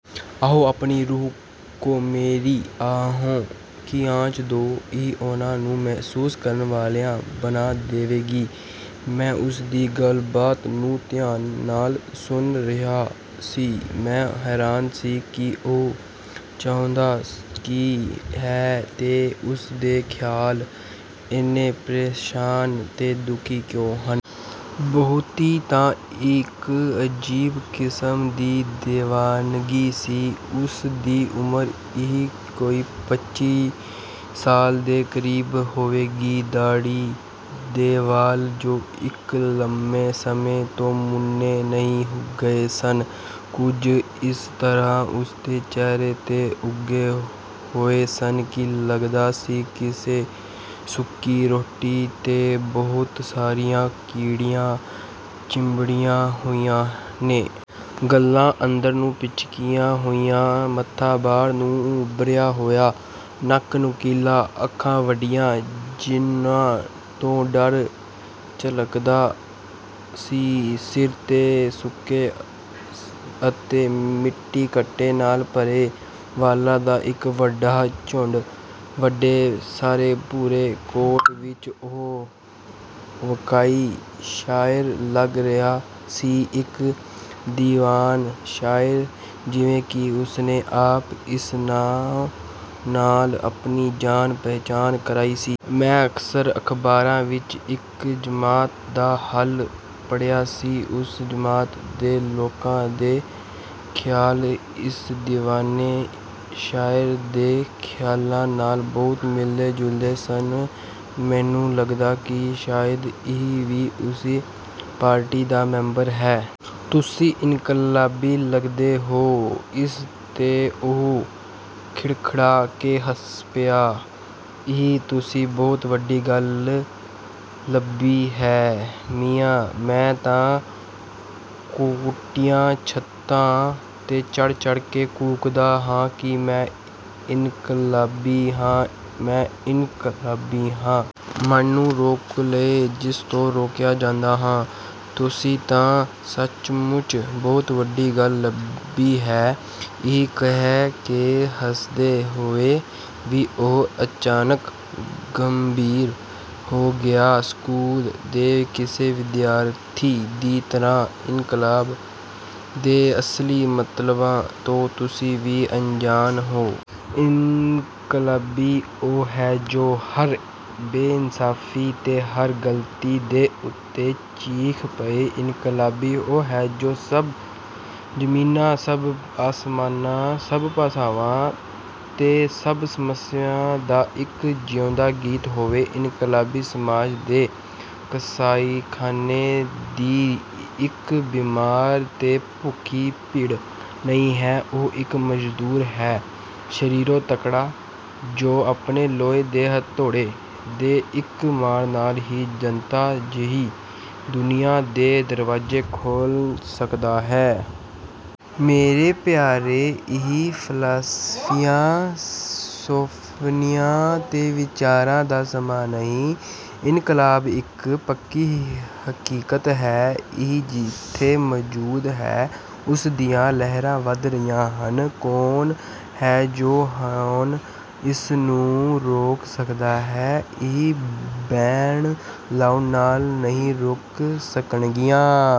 ਆਓ ਅਪਨੀ ਰੂਹੋਂ ਕੋ ਮੇਰੀ ਆਹੋਂ ਕੀ ਆਂਚ ਦੋ। ਇਹ ਉਨ੍ਹਾਂ ਨੂੰ ਮਹਿਸੂਸ ਕਰਨ ਵਾਲੀਆਂ ਬਣਾ ਦੇਵੇਗੀ। ਮੈਂ ਉਸ ਦੀ ਗੱਲਬਾਤ ਨੂੰ ਧਿਆਨ ਨਾਲ ਸੁਣ ਰਿਹਾ ਸੀ। ਮੈਂ ਹੈਰਾਨ ਸੀ ਕਿ ਉਹ ਚਾਹੁੰਦਾ ਕੀ ਹੈ ਤੇ ਉਸ ਦੇ ਖ਼ਿਆਲ ਇੰਨੇ ਪਰੇਸ਼ਾਨ ਤੇ ਦੁਖੀ ਕਿਉਂ ਹਨ। ਬਹੁਤੀ ਤਾਂ ਇੱਕ ਅਜੀਬ ਕਿਸਮ ਦੀ ਦੀਵਾਨਗੀ ਸੀ। ਉਸ ਦੀ ਉਮਰ ਇਹੀ ਕੋਈ ਪੱਚੀ ਸਾਲਾਂ ਦੇ ਕਰੀਬ ਹੋਵੇਗੀ। ਦਾੜ੍ਹੀ ਦੇ ਵਾਲ ਜੋ ਇੱਕ ਲੰਮੇ ਸਮੇਂ ਤੋਂ ਮੁੰਨੇ ਨਹੀਂ ਗਏ ਸਨ, ਕੁਝ ਇਸ ਤਰ੍ਹਾਂ ਉਸਦੇ ਚਿਹਰੇ ’ਤੇ ਉੱਗੇ ਹੋਏ ਸਨ ਕਿ ਲੱਗਦਾ ਸੀ ਕਿਸੇ ਸੁੱਕੀ ਰੋਟੀ ’ਤੇ ਬਹੁਤ ਸਾਰੀਆਂ ਕੀੜੀਆਂ ਚੰਬੜੀਆਂ ਹੋਈਆਂ ਨੇ। ਗੱਲ੍ਹਾਂ ਅੰਦਰ ਨੂੰ ਪਿਚਕੀਆਂ ਹੋਈਆਂ, ਮੱਥਾ ਬਾਹਰ ਨੂੰ ਉੱਭਰਿਆ ਹੋਇਆ। ਨੱਕ ਨੋਕੀਲਾ। ਅੱਖਾਂ ਵੱਡੀਆਂ ਜਿਨ੍ਹਾਂ ਤੋਂ ਡਰ ਝਲਕਦਾ ਸੀ। ਸਿਰ ’ਤੇ ਸੁੱਕੇ ਅਤੇ ਮਿੱਟੀ-ਘੱਟੇ ਨਾਲ ਭਰੇ ਵਾਲਾਂ ਦਾ ਇੱਕ ਵੱਡਾ ਝੁੰਡ। ਵੱਡੇ ਸਾਰੇ ਭੂਰੇ ਕੋਟ ਵਿਚ ਉਹ ਵਾਕਈ ਸ਼ਾਇਰ ਲੱਗ ਰਿਹਾ ਸੀ, ਇੱਕ ਦੀਵਾਨਾ ਸ਼ਾਇਰ, ਜਿਵੇਂ ਕਿ ਉਸਨੇ ਆਪ ਇਸ ਨਾਂ ਨਾਲ ਆਪਣੀ ਜਾਣ-ਪਛਾਣ ਕਰਾਈ ਸੀ। ਮੈਂ ਅਕਸਰ ਅਖ਼ਬਾਰਾਂ ਵਿਚ ਇੱਕ ਜਮਾਤ ਦਾ ਹਾਲ ਪੜ੍ਹਿਆ ਸੀ। ਉਸ ਜਮਾਤ ਦੇ ਲੋਕਾਂ ਦੇ ਖ਼ਿਆਲ ਇਸ ਦੀਵਾਨੇ ਸ਼ਾਇਰ ਦੇ ਖ਼ਿਆਲਾਂ ਨਾਲ ਬਹੁਤ ਮਿਲਦੇ-ਜੁਲਦੇ ਸਨ। ਮੈਨੂੰ ਲੱਗਾ ਕਿ ਸ਼ਾਇਦ ਇਹ ਵੀ ਉਸੇ ਪਾਰਟੀ ਦਾ ਮੈਂਬਰ ਹੈ। ਤੁਸੀਂ ਇਨਕਲਾਬੀ ਲੱਗਦੇ ਹੋ। ਇਸ ’ਤੇ ਉਹ ਖਿੜਖਿੜਾ ਕੇ ਹੱਸ ਪਿਆ। ਇਹ ਤੁਸੀਂ ਬਹੁਤ ਵੱਡੀ ਗੱਲ ਲੱਭੀ ਹੈ। ਮੀਆਂ, ਮੈਂ ਤਾਂ ਕੋਠਿਆਂ-ਛੱਤਾਂ ’ਤੇ ਚੜ੍ਹ-ਚੜ੍ਹ ਕੇ ਕੂਕਦਾ ਹਾਂ ਕਿ ਮੈਂ ਇਨਕਲਾਬੀ ਹਾਂ, ਮੈਂ ਇਨਕਲਾਬੀ ਹਾਂ। ਮੈਨੂੰ ਰੋਕ ਲਏ ਜਿਸ ਤੋਂ ਰੋਕਿਆ ਜਾਂਦਾ ਹਾਂ। ਤੁਸੀਂ ਤਾਂ ਸੱਚਮੁੱਚ ਬਹੁਤ ਵੱਡੀ ਗੱਲ ਲੱਭੀ ਹੈ। ਇਹ ਕਹਿ ਕੇ ਹੱਸਦੇ ਹੋਏ ਵੀ ਉਹ ਅਚਾਨਕ ਗੰਭੀਰ ਹੋ ਗਿਆ। ਸਕੂਲ ਦੇ ਕਿਸੇ ਵਿਦਿਆਰਥੀ ਦੀ ਤਰ੍ਹਾਂ ਇਨਕਲਾਬ ਦੇ ਅਸਲੀ ਮਤਲਬਾਂ ਤੋਂ ਤੁਸੀਂ ਵੀ ਅਣਜਾਣ ਹੋ। ਇਨਕਲਾਬੀ ਉਹ ਹੈ ਜੋ ਹਰ ਬੇਇਨਸਾਫ਼ੀ ਤੇ ਹਰ ਗਲਤੀ ਦੇ ਉੱਤੇ ਚੀਖ਼ ਪਏ। ਇਨਕਲਾਬੀ ਉਹ ਹੈ ਜੋ ਸਭ ਜ਼ਮੀਨਾਂ, ਸਭ ਅਸਮਾਨਾਂ, ਸਭ ਭਾਸ਼ਾਵਾਂ ਤੇ ਸਭ ਸਮਿਆਂ ਦਾ ਇੱਕ ਜਿਉਂਦਾ ਗੀਤ ਹੋਵੇ। ਇਨਕਲਾਬੀ ਸਮਾਜ ਦੇ ਕਸਾਈਖਾਨੇ ਦੀ ਇੱਕ ਬਿਮਾਰ ਤੇ ਭੁੱਖੀ ਭੀੜ ਨਹੀਂ, ਉਹ ਇੱਕ ਮਜ਼ਦੂਰ ਹੈ, ਸਰੀਰੋਂ ਤਕੜਾ, ਜੋ ਆਪਣੇ ਲੋਹੇ ਦੇ ਹਥੌੜੇ ਦੀ ਇੱਕ ਮਾਰ ਨਾਲ ਹੀ ਜਨਤਾ ਜਿਹੀ ਦੁਨੀਆ ਦੇ ਦਰਵਾਜ਼ੇ ਖੋਲ੍ਹ ਸਕਦਾ ਹੈ। ਮੇਰੇ ਪਿਆਰੇ, ਇਹ ਫ਼ਲਸਫ਼ਿਆਂ, ਸੁਫ਼ਨਿਆਂ ਤੇ ਵਿਚਾਰਾਂ ਦਾ ਸਮਾਂ ਨਹੀਂ। ਇਨਕਲਾਬ ਇੱਕ ਪੱਕੀ ਹਕੀਕਤ ਹੈ, ਇਹ ਇੱਥੇ ਮੌਜੂਦ ਹੈ। ਉਸ ਦੀਆਂ ਲਹਿਰਾਂ ਵਧ ਰਹੀਆਂ ਹਨ। ਕੌਣ ਹੈ ਜੋ ਹੁਣ ਇਸ ਨੂੰ ਰੋਕ ਸਕਦਾ ਹੈ। ਇਹ ਬੈਨ ਲਾਉਣ ਨਾਲ ਨਹੀਂ ਰੁਕ ਸਕਣਗੀਆਂ।